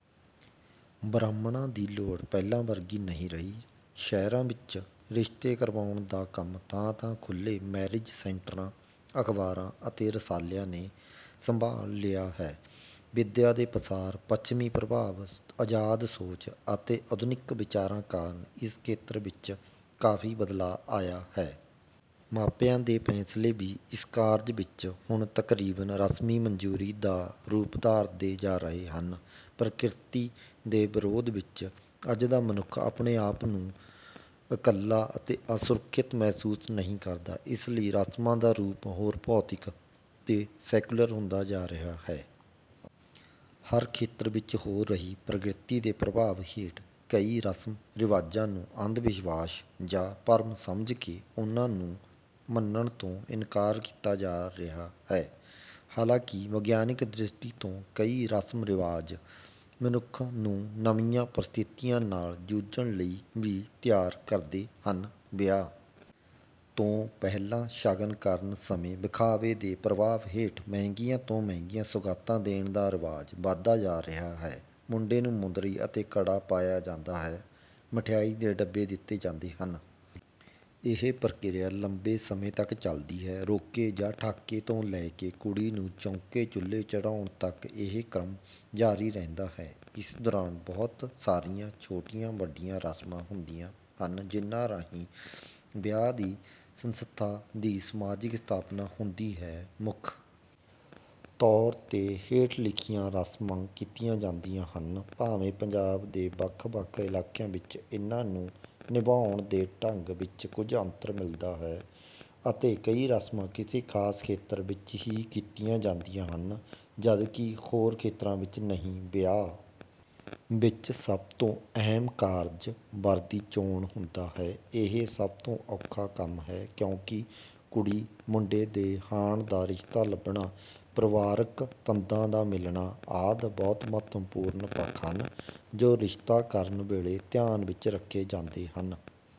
ਬ੍ਰਾਹਮਣਾਂ ਦੀ ਲੋੜ ਪਹਿਲਾਂ ਵਰਗੀ ਨਹੀਂ ਰਹੀ। ਸ਼ਹਿਰਾਂ ਵਿੱਚ ਰਿਸ਼ਤੇ ਕਰਵਾਉਣ ਦਾ ਕੰਮ ਥਾਂ-ਥਾਂ ਖੁੱਲ੍ਹੇ ਮੈਰਿਜ ਸੈਂਟਰਾਂ, ਅਖ਼ਬਾਰਾਂ ਅਤੇ ਰਸਾਲਿਆਂ ਨੇ ਸੰਭਾਲ ਲਿਆ ਹੈ। ਵਿੱਦਿਆ ਦੇ ਪਸਾਰ, ਪੱਛਮੀ ਪ੍ਰਭਾਵ, ਆਜ਼ਾਦ ਸੋਚ ਅਤੇ ਆਧੁਨਿਕ ਵਿਚਾਰਾਂ ਕਾਰਨ ਇਸ ਖੇਤਰ ਵਿੱਚ ਕਾਫ਼ੀ ਬਦਲਾਅ ਆਇਆ ਹੈ। ਮਾਪਿਆਂ ਦੇ ਫ਼ੈਸਲੇ ਵੀ ਇਸ ਕਾਰਜ ਵਿੱਚ ਹੁਣ ਤਕਰੀਬਨ ਰਸਮੀ ਮਨਜ਼ੂਰੀ ਦਾ ਰੂਪ ਧਾਰਦੇ ਜਾ ਰਹੇ ਹਨ। ਪ੍ਰਕਿਰਤੀ ਦੇ ਵਿਰੋਧ ਵਿੱਚ ਅੱਜ ਦਾ ਮਨੁੱਖ ਆਪਣੇ ਆਪ ਨੂੰ ਇਕੱਲਾ ਅਤੇ ਅਸੁਰੱਖਿਅਤ ਮਹਿਸੂਸ ਨਹੀਂ ਕਰਦਾ। ਇਸ ਲਈ ਰਸਮਾਂ ਦਾ ਰੂਪ ਹੋਰ ਭੌਤਿਕ ਅਤੇ ਸੈਕੂਲਰ ਹੁੰਦਾ ਜਾ ਰਿਹਾ ਹੈ। ਹਰ ਖੇਤਰ ਵਿੱਚ ਹੋ ਰਹੀ ਪ੍ਰਗਤੀ ਦੇ ਪ੍ਰਭਾਵ ਹੇਠ ਕਈ ਰਸਮ-ਰਿਵਾਜ਼ਾਂ ਨੂੰ ਅੰਧਵਿਸ਼ਵਾਸ ਜਾਂ ਭਰਮ ਸਮਝ ਕੇ ਉਹਨਾਂ ਨੂੰ ਮੰਨਣ ਤੋਂ ਇਨਕਾਰ ਕੀਤਾ ਜਾ ਰਿਹਾ ਹੈ। ਹਾਲਾਂਕਿ ਵਿਗਿਆਨਕ ਦ੍ਰਿਸ਼ਟੀ ਤੋਂ ਕਈ ਰਸਮ-ਰਿਵਾਜ਼ ਮਨੁੱਖ ਨੂੰ ਨਵੀਆਂ ਪ੍ਰਸਥਿਤੀਆਂ ਨਾਲ ਜੂਝਣ ਲਈ ਵੀ ਤਿਆਰ ਕਰਦੇ ਹਨ। ਵਿਆਹ ਤੋਂ ਪਹਿਲਾਂ ਸ਼ਗਨ ਕਰਨ ਸਮੇਂ ਵਿਖਾਵੇ ਦੇ ਪ੍ਰਭਾਵ ਹੇਠ ਮਹਿੰਗੀਆਂ ਤੋਂ ਮਹਿੰਗੀਆਂ ਸੌਗਾਤਾਂ ਦੇਣ ਦਾ ਰਿਵਾਜ ਵੱਧਦਾ ਜਾ ਰਿਹਾ ਹੈ। ਮੁੰਡੇ ਨੂੰ ਮੁੰਦਰੀ ਅਤੇ ਕੜਾ ਪਾਇਆ ਜਾਂਦਾ ਹੈ। ਮਿਠਾਈ ਦੇ ਡੱਬੇ ਦਿੱਤੇ ਜਾਂਦੇ ਹਨ। ਇਹ ਪ੍ਰਕਿਰਿਆ ਲੰਬੇ ਸਮੇਂ ਤੱਕ ਚੱਲਦੀ ਹੈ। ਰੋਕੇ ਜਾਂ ਠਾਕੇ ਤੋਂ ਲੈ ਕੇ ਕੁੜੀ ਨੂੰ ਚੌਂਕੇ-ਚੁੱਲ੍ਹੇ ਚੜ੍ਹਾਉਣ ਤੱਕ ਇਹ ਕ੍ਰਮ ਜਾਰੀ ਰਹਿੰਦਾ ਹੈ। ਇਸ ਦੌਰਾਨ ਬਹੁਤ ਸਾਰੀਆਂ ਛੋਟੀਆਂ-ਵੱਡੀਆਂ ਰਸਮਾਂ ਹੁੰਦੀਆਂ ਹਨ, ਜਿਨ੍ਹਾਂ ਰਾਹੀਂ ਵਿਆਹ ਦੀ ਸੰਸਥਾ ਦੀ ਸਮਾਜਿਕ ਸਥਾਪਨਾ ਹੁੰਦੀ ਹੈ। ਮੁੱਖ ਤੌਰ ’ਤੇ ਹੇਠ ਲਿਖੀਆਂ ਰਸਮਾਂ ਕੀਤੀਆਂ ਜਾਂਦੀਆਂ ਹਨ। ਭਾਵੇਂ ਪੰਜਾਬ ਦੇ ਵੱਖ-ਵੱਖ ਇਲਾਕਿਆਂ ਵਿੱਚ ਇਨ੍ਹਾਂ ਨੂੰ ਨਿਭਾਉਣ ਦੇ ਢੰਗ ਵਿੱਚ ਕੁਝ ਅੰਤਰ ਮਿਲਦਾ ਹੈ ਅਤੇ ਕਈ ਰਸਮਾਂ ਕਿਸੇ ਖ਼ਾਸ ਖੇਤਰ ਵਿੱਚ ਹੀ ਕੀਤੀਆਂ ਜਾਂਦੀਆਂ ਹਨ, ਜਦਕਿ ਹੋਰ ਖੇਤਰਾਂ ਵਿੱਚ ਨਹੀਂ। ਵਿਆਹ ਵਿੱਚ ਸਭ ਤੋਂ ਅਹਿਮ ਕਾਰਜ ਵਰ ਦੀ ਚੋਣ ਹੁੰਦਾ ਹੈ। ਇਹ ਸਭ ਤੋਂ ਔਖਾ ਕੰਮ ਹੈ, ਕਿਉਂਕਿ ਕੁੜੀ-ਮੁੰਡੇ ਦੇ ਹਾਣ ਦਾ ਰਿਸ਼ਤਾ ਲੱਭਣਾ, ਪਰਿਵਾਰਕ ਤੰਦਾਂ ਦਾ ਮਿਲਣਾ ਆਦਿ ਬਹੁਤ ਮਹੱਤਵਪੂਰਨ ਪੱਖ ਹਨ, ਜੋ ਰਿਸ਼ਤਾ ਕਰਨ ਵੇਲੇ ਧਿਆਨ ਵਿੱਚ ਰੱਖੇ ਜਾਂਦੇ ਹਨ।